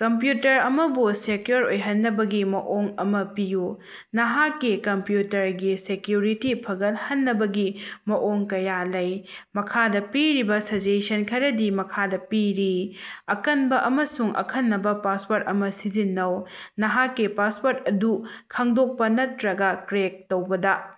Computer ꯑꯃꯕꯨ secure ꯑꯣꯏꯍꯟꯅꯕꯒꯤ ꯃꯑꯣꯡ ꯑꯃꯥ ꯄꯤꯌꯨ꯫ ꯅꯍꯥꯛꯀꯤ ꯀꯝꯄꯌꯨꯇꯔꯒꯤ ꯁꯦꯛꯌꯨꯔꯤꯇꯤ ꯐꯒꯠꯍꯟꯅꯕꯒꯤ ꯃꯑꯣꯡ ꯀꯌꯥ ꯂꯩ꯫ ꯃꯈꯥꯗꯥ ꯄꯤꯔꯤꯕꯥ ꯁꯖꯦꯁꯟ ꯈꯔꯗꯤ ꯃꯈꯥꯗꯥ ꯄꯤꯔꯤ: ꯑꯀꯟꯕꯥ ꯑꯃꯁꯨꯡ ꯑꯈꯟꯅꯕ ꯄꯥꯁꯋꯥꯔꯗ ꯑꯃꯥ ꯁꯤꯖꯤꯟꯅꯧ: ꯅꯍꯥꯛꯀꯤ ꯄꯥꯁꯋꯥꯔꯗ ꯑꯗꯨ ꯈꯪꯗꯣꯛꯄꯥ ꯅꯠꯇꯔꯒ ꯀ꯭ꯔꯦꯛ ꯇꯧꯕꯗ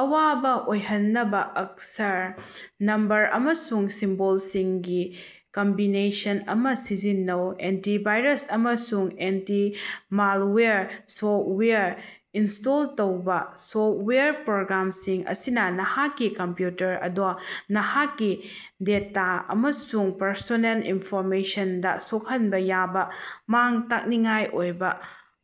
ꯑꯋꯥꯕ ꯑꯣꯏꯍꯟꯅꯕ ꯑꯛꯁꯔ, ꯅꯝꯕꯔ ꯑꯃꯁꯨꯡ ꯁꯤꯝꯕꯣꯜꯁꯤꯡꯒꯤ ꯀꯝꯕꯤꯅꯦꯁꯟ ꯑꯃꯥ ꯁꯤꯖꯤꯟꯅꯧ꯫ ꯑꯦꯟꯇꯤ ꯚꯥꯏꯔꯁ ꯑꯃꯁꯨꯡ ꯑꯦꯟꯇꯤ ꯃꯥꯜꯋꯥꯌꯔ ꯁꯣꯐꯋꯥꯌꯔ ꯏꯟꯁ꯭ꯇꯣꯜ ꯇꯧꯕꯥ: ꯁꯣꯐꯋꯥꯌꯔ ꯄ꯭ꯔꯣꯒ꯭ꯔꯥꯝꯁꯤꯡ ꯑꯁꯤꯅ ꯅꯍꯥꯛꯀꯤ ꯀꯝꯄꯌꯨꯇꯔ ꯑꯗꯨ ꯅꯍꯥꯛꯀꯤ ꯗꯦꯇꯥ ꯑꯃꯁꯨꯡ ꯄꯔꯁꯣꯅꯦꯜ ꯏꯟꯐꯣꯔꯃꯦꯁꯟꯗ ꯁꯣꯛꯍꯟꯕ ꯌꯥꯕꯥ ꯃꯥꯡ-ꯇꯥꯛꯅꯤꯡꯉꯥꯏ ꯑꯣꯏꯕ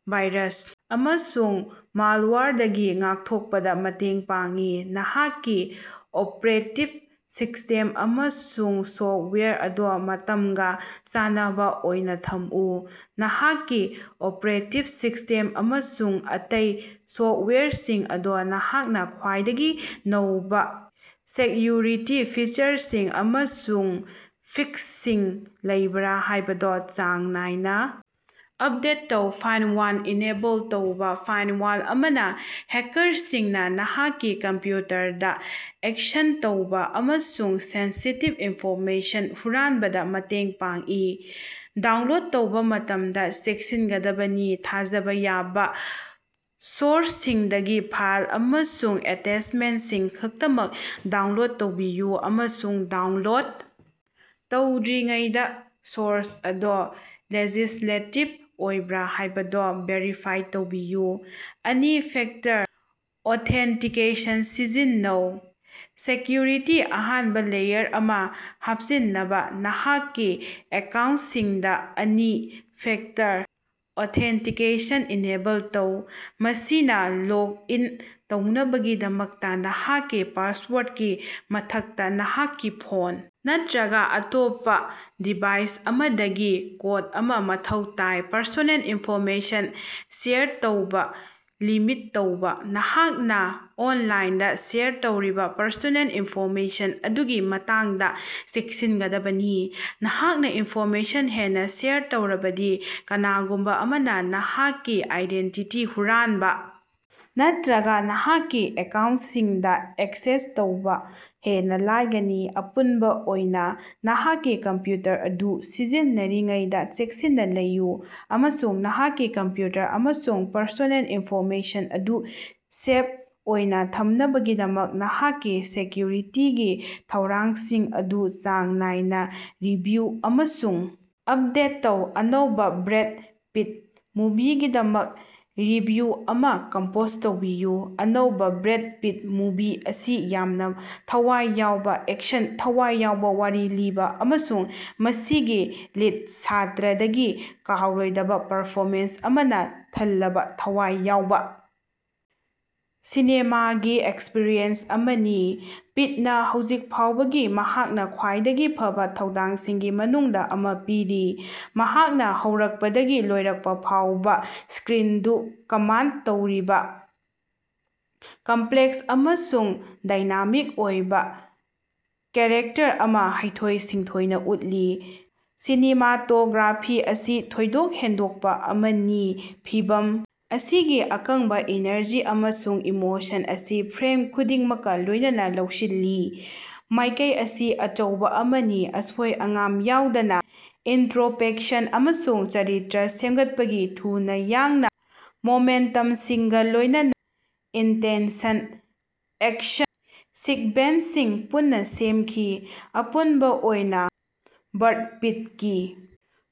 ꯚꯥꯏꯔꯁ ꯑꯃꯁꯨꯡ ꯃꯥꯜꯋꯥꯌꯔꯗꯒꯤ ꯉꯥꯛꯊꯣꯛꯄꯗ ꯃꯇꯦꯡ ꯄꯥꯡꯏ꯫ ꯅꯍꯥꯛꯀꯤ ꯑꯣꯄꯔꯦꯇꯤꯞ ꯁꯤꯁ꯭ꯇꯦꯝ ꯑꯃꯁꯨꯡ ꯁꯣꯐꯋꯥꯌꯔ ꯑꯗꯨ ꯃꯇꯝꯒꯥ ꯆꯥꯟꯅꯕꯥ ꯑꯣꯏꯅꯥ ꯊꯝꯃꯨ: ꯅꯍꯥꯛꯀꯤ ꯑꯣꯄꯔꯦꯇꯤꯞ ꯁꯤꯁ꯭ꯇꯦꯝ ꯑꯃꯁꯨꯡ ꯑꯇꯩ ꯁꯣꯐꯋꯥꯌꯔꯁꯤꯡ ꯑꯗꯨ ꯅꯍꯥꯛꯅ ꯈ꯭ꯋꯥꯏꯗꯒꯤ ꯅꯧꯕꯥ ꯁꯦꯛꯌꯨꯔꯤꯇꯤ ꯐꯤꯆꯔꯁꯤꯡ ꯑꯃꯁꯨꯡ ꯐꯤꯛꯁꯁꯤꯡ ꯂꯩꯕ꯭ꯔꯥ ꯍꯥꯏꯕꯗꯨ ꯆꯥꯡ ꯅꯥꯏꯅꯥ ꯑꯞꯗꯦꯠ ꯇꯧ꯫ ꯐꯥꯏꯔꯋꯥꯜ ꯏꯅꯦꯕꯜ ꯇꯧꯕꯥ: ꯐꯥꯏꯔꯋꯥꯜ ꯑꯃꯅꯥ ꯍꯦꯀꯥꯔꯁꯤꯡꯅꯥ ꯅꯍꯥꯛꯀꯤ ꯀꯝꯄꯌꯨꯇꯔꯗꯥ ꯑꯦꯛꯁꯦꯁ ꯇꯧꯕꯥ ꯑꯃꯁꯨꯡ ꯁꯦꯟꯁꯤꯇꯤꯚ ꯏꯟꯐꯣꯔꯃꯦꯁꯟ ꯍꯨꯔꯥꯟꯕꯗꯥ ꯃꯇꯦꯡ ꯄꯥꯡꯏ꯫ ꯗꯥꯎꯟꯂꯣꯗ ꯇꯧꯕ ꯃꯇꯝꯗ ꯆꯦꯛꯁꯤꯟꯒꯗꯕꯅꯤ: ꯊꯥꯖꯕ ꯌꯥꯕꯥ ꯁꯣꯔꯁꯁꯤꯡꯗꯒꯤ ꯐꯥꯏꯜ ꯑꯃꯁꯨꯡ ꯑꯦꯇꯦꯆꯃꯦꯟꯠꯁꯤꯡ ꯈꯛꯇꯃꯛ ꯗꯥꯎꯟꯂꯣꯗ ꯇꯧꯕꯤꯌꯨ, ꯑꯃꯁꯨꯡ ꯗꯥꯎꯟꯂꯣꯗ ꯇꯧꯗ꯭ꯔꯤꯉꯩꯗꯥ ꯁꯣꯔꯁ ꯑꯗꯨ ꯂꯦꯖꯤꯁ꯭ꯂꯦꯇꯤꯕ ꯑꯣꯏꯕ꯭ꯔꯥ ꯍꯥꯏꯕꯗꯨ ꯚꯦꯔꯤꯐꯥꯏ ꯇꯧꯕꯤꯌꯨ꯫ ꯑꯅꯤ ꯐꯦꯛꯇꯔ ꯑꯣꯊꯦꯟꯇꯤꯀꯦꯁꯟ ꯁꯤꯖꯤꯟꯅꯧ: ꯁꯦꯛꯌꯨꯔꯤꯇꯤꯒꯤ ꯑꯍꯦꯟꯕꯥ ꯂꯦꯌꯔ ꯑꯃꯥ ꯍꯥꯞꯆꯤꯟꯅꯕꯥ ꯅꯍꯥꯛꯀꯤ ꯑꯦꯀꯥꯎꯟꯠꯁꯤꯡꯗꯥ ꯑꯅꯤ ꯐꯦꯛꯇꯔ ꯑꯣꯊꯦꯟꯇꯤꯀꯦꯁꯟ ꯏꯅꯦꯕꯜ ꯇꯧ꯫ ꯃꯁꯤꯅꯥ ꯂꯣꯒ ꯏꯟ ꯇꯧꯅꯕꯒꯤꯗꯃꯛꯇꯥ ꯅꯍꯥꯛꯀꯤ ꯄꯥꯁꯋꯥꯔꯗꯀꯤ ꯃꯊꯛꯇꯥ, ꯅꯍꯥꯛꯀꯤ ꯐꯣꯟ ꯅꯠꯇꯔꯒꯥ ꯑꯇꯣꯞꯄꯥ ꯗꯤꯚꯥꯏꯁ ꯑꯃꯗꯒꯤ ꯀꯣꯗ ꯑꯃꯥ ꯃꯊꯧ ꯇꯥꯏ꯫ ꯄꯔꯁꯣꯅꯦꯜ ꯏꯟꯐꯣꯔꯃꯦꯁꯟ ꯁꯦꯌꯔ ꯇꯧꯕꯥ ꯂꯤꯃꯤꯠ ꯇꯧꯕꯥ: ꯅꯍꯥꯛꯅꯥ ꯑꯣꯟꯂꯥꯏꯟꯗꯥ ꯁꯦꯌꯔ ꯇꯧꯔꯤꯕ ꯄꯔꯁꯣꯅꯦꯜ ꯏꯟꯐꯣꯔꯃꯦꯁꯟ ꯑꯗꯨꯒꯤ ꯃꯇꯥꯡꯗꯥ ꯆꯦꯛꯁꯤꯟꯒꯗꯕꯅꯤ꯫ ꯅꯍꯥꯛꯅ ꯏꯟꯐꯣꯔꯃꯦꯁꯟ ꯍꯦꯟꯅ ꯁꯦꯌꯔ ꯇꯧꯔꯕꯗꯤ, ꯀꯅꯥꯒꯨꯝꯕ ꯑꯃꯅꯥ ꯅꯍꯥꯛꯀꯤ ꯑꯥꯏꯗꯦꯟꯇꯤꯇꯤ ꯍꯨꯔꯥꯟꯕꯥ ꯅꯠꯇꯔꯒ ꯅꯍꯥꯛꯀꯤ ꯑꯦꯀꯥꯎꯟꯇꯁꯤꯡꯗ ꯑꯦꯛꯁꯦꯁ ꯇꯧꯕ ꯍꯦꯟꯅ ꯂꯥꯏꯒꯅꯤ꯫ ꯑꯄꯨꯟꯕꯥ ꯑꯣꯏꯅꯥ, ꯅꯍꯥꯛꯀꯤ ꯀꯝꯄꯌꯨꯇꯔ ꯑꯗꯨ ꯁꯤꯖꯤꯟꯅꯔꯤꯉꯩꯗ ꯆꯦꯛꯁꯤꯟꯅꯥ ꯂꯩꯌꯨ ꯑꯃꯁꯨꯡ ꯅꯍꯥꯛꯀꯤ ꯀꯝꯄꯌꯨꯇꯔ ꯑꯃꯁꯨꯡ ꯄꯔꯁꯣꯅꯦꯜ ꯏꯟꯐꯣꯔꯃꯦꯁꯟ ꯑꯗꯨ ꯁꯦꯐ ꯑꯣꯏꯅ ꯊꯝꯅꯕꯒꯤꯗꯃꯛ ꯅꯍꯥꯛꯀꯤ ꯁꯦꯛꯌꯨꯔꯤꯇꯤꯒꯤ ꯊꯧꯔꯥꯡꯁꯤꯡ ꯑꯗꯨ ꯆꯥꯡ ꯅꯥꯏꯅꯥ ꯔꯤꯚꯤꯌꯨ ꯑꯃꯁꯨꯡ ꯑꯞꯗꯦꯠ ꯇꯧ꯫ ꯑꯅꯧꯕꯥ ꯕ꯭ꯔꯦꯗ ꯄꯤꯠ ꯃꯨꯚꯤꯒꯤꯗꯃꯛ ꯔꯤꯚꯤꯌꯨ ꯑꯃꯥ ꯀꯝꯄꯣꯖ ꯇꯧꯕꯤꯌꯨ꯫ ꯑꯅꯧꯕꯥ ꯕ꯭ꯔꯦꯗ ꯄꯤꯠ ꯃꯨꯚꯤ ꯑꯁꯤ ꯌꯥꯝꯅꯥ ꯊꯋꯥꯏ ꯌꯥꯎꯕ ꯑꯦꯛꯁꯟ, ꯊꯋꯥꯏ ꯌꯥꯎꯕ ꯋꯥꯔꯤ ꯂꯤꯕꯥ, ꯑꯃꯁꯨꯡ ꯃꯁꯤꯒꯤ ꯂꯤꯗ ꯁ꯭ꯇꯥꯔꯗꯒꯤ ꯀꯥꯎꯔꯣꯏꯗꯕ ꯄꯔꯐꯣꯃꯦꯟꯁ ꯑꯃꯅ ꯊꯜꯂꯕꯥ ꯊꯋꯥꯏ ꯌꯥꯎꯕꯥ ꯁꯤꯅꯦꯃꯥꯒꯤ ꯑꯦꯛꯁꯄꯔꯤꯌꯦꯟꯁ ꯑꯃꯅꯤ꯫ ꯄꯤꯠꯅꯥ ꯍꯧꯖꯤꯛ ꯐꯥꯎꯕꯒꯤ ꯃꯍꯥꯛꯀꯤ ꯈ꯭ꯋꯥꯏꯗꯒꯤ ꯐꯕꯥ ꯊꯧꯗꯥꯡꯁꯤꯡꯒꯤ ꯃꯅꯨꯡꯗꯥ ꯑꯃꯥ ꯄꯤꯔꯤ, ꯃꯍꯥꯛꯅꯥ ꯍꯧꯔꯛꯄꯗꯒꯤ ꯂꯣꯏꯔꯛꯄꯐꯥꯎꯕꯥ ꯁ꯭ꯀꯔꯤꯟꯕꯨ ꯀꯝꯃꯥꯟꯗ ꯇꯧꯔꯤꯕꯥ ꯀꯝꯄꯂꯦꯛꯁ ꯑꯃꯁꯨꯡ ꯗꯥꯏꯅꯥꯃꯤꯛ ꯑꯣꯏꯕ ꯀꯦꯔꯦꯛꯇꯔ ꯑꯃꯥ ꯍꯩꯊꯣꯏ-ꯁꯤꯡꯊꯣꯏꯅꯥ ꯎꯠꯂꯤ꯫ ꯁꯤꯅꯦꯃꯥꯇꯣꯒ꯭ꯔꯥꯐꯤ ꯑꯁꯤ ꯊꯣꯏꯗꯣꯛ ꯍꯦꯟꯗꯣꯛꯄꯥ ꯑꯃꯅꯤ, ꯐꯤꯂꯝ ꯑꯁꯤꯒꯤ ꯑꯀꯪꯕꯥ ꯏꯅꯔꯖꯤ ꯑꯃꯁꯨꯡ ꯏꯃꯣꯁꯟ ꯑꯁꯤ ꯐ꯭ꯔꯦꯝ ꯈꯨꯗꯤꯡꯃꯛꯀꯥ ꯂꯣꯏꯅꯅꯥ ꯂꯧꯁꯤꯜꯂꯤ꯫ ꯃꯥꯏꯀꯩ ꯑꯁꯤ ꯑꯆꯧꯕꯥ ꯑꯃꯅꯤ, ꯑꯁꯣꯏ-ꯑꯉꯥꯝ ꯌꯥꯎꯗꯅ ꯏꯟꯇꯔꯣꯁ꯭ꯄꯦꯛꯁꯟ ꯑꯃꯁꯨꯡ ꯆꯔꯤꯇꯔ ꯁꯦꯝꯒꯠꯄꯒꯤ ꯊꯨꯅꯥ ꯌꯥꯡꯅꯥ ꯃꯣꯃꯦꯟꯇꯝꯁꯤꯡꯒ ꯂꯣꯏꯅꯅꯥ ꯏꯟꯇꯦꯟꯁꯟ ꯑꯦꯛꯁꯟ ꯁꯤꯛꯕꯦꯟꯁꯁꯤꯡ ꯄꯨꯟꯅ ꯁꯦꯝꯈꯤ꯫ ꯑꯄꯨꯟꯕ ꯑꯣꯏꯅ ꯕ꯭ꯔꯗ ꯄꯤꯠꯀꯤ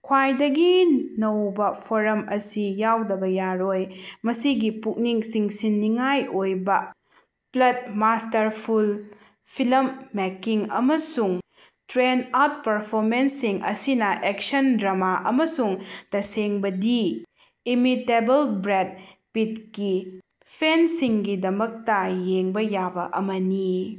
ꯈ꯭ꯋꯥꯏꯗꯒꯤ ꯅꯧꯕ ꯑꯣꯐꯔ ꯑꯁꯤ ꯌꯥꯎꯗꯕꯥ ꯌꯥꯔꯣꯏ꯫ ꯃꯁꯤꯒꯤ ꯄꯨꯛꯅꯤꯡ ꯆꯤꯡꯁꯤꯟꯅꯤꯡꯉꯥꯏ ꯑꯣꯏꯕ ꯄ꯭ꯂꯠ, ꯃꯥꯁ꯭ꯇꯔꯐꯨꯜ ꯐꯤꯂꯝ ꯃꯦꯀꯤꯡ, ꯑꯃꯁꯨꯡ ꯁ꯭ꯇꯦꯟꯗꯑꯥꯎꯠ ꯄꯔꯐꯣꯃꯦꯟꯁꯁꯤꯡ ꯑꯁꯤꯅ ꯑꯦꯛꯁꯟ, ꯗ꯭ꯔꯃꯥ ꯑꯃꯁꯨꯡ ꯇꯁꯦꯡꯕꯗꯤ, ꯏꯃꯤꯇꯦꯕꯜ ꯕ꯭ꯔꯦꯗ ꯄꯤꯠꯀꯤ ꯐꯦꯟꯁꯤꯡꯒꯤꯗꯃꯛꯇꯥ ꯌꯦꯡꯕꯥ ꯌꯥꯕꯥ ꯑꯃꯅꯤ꯫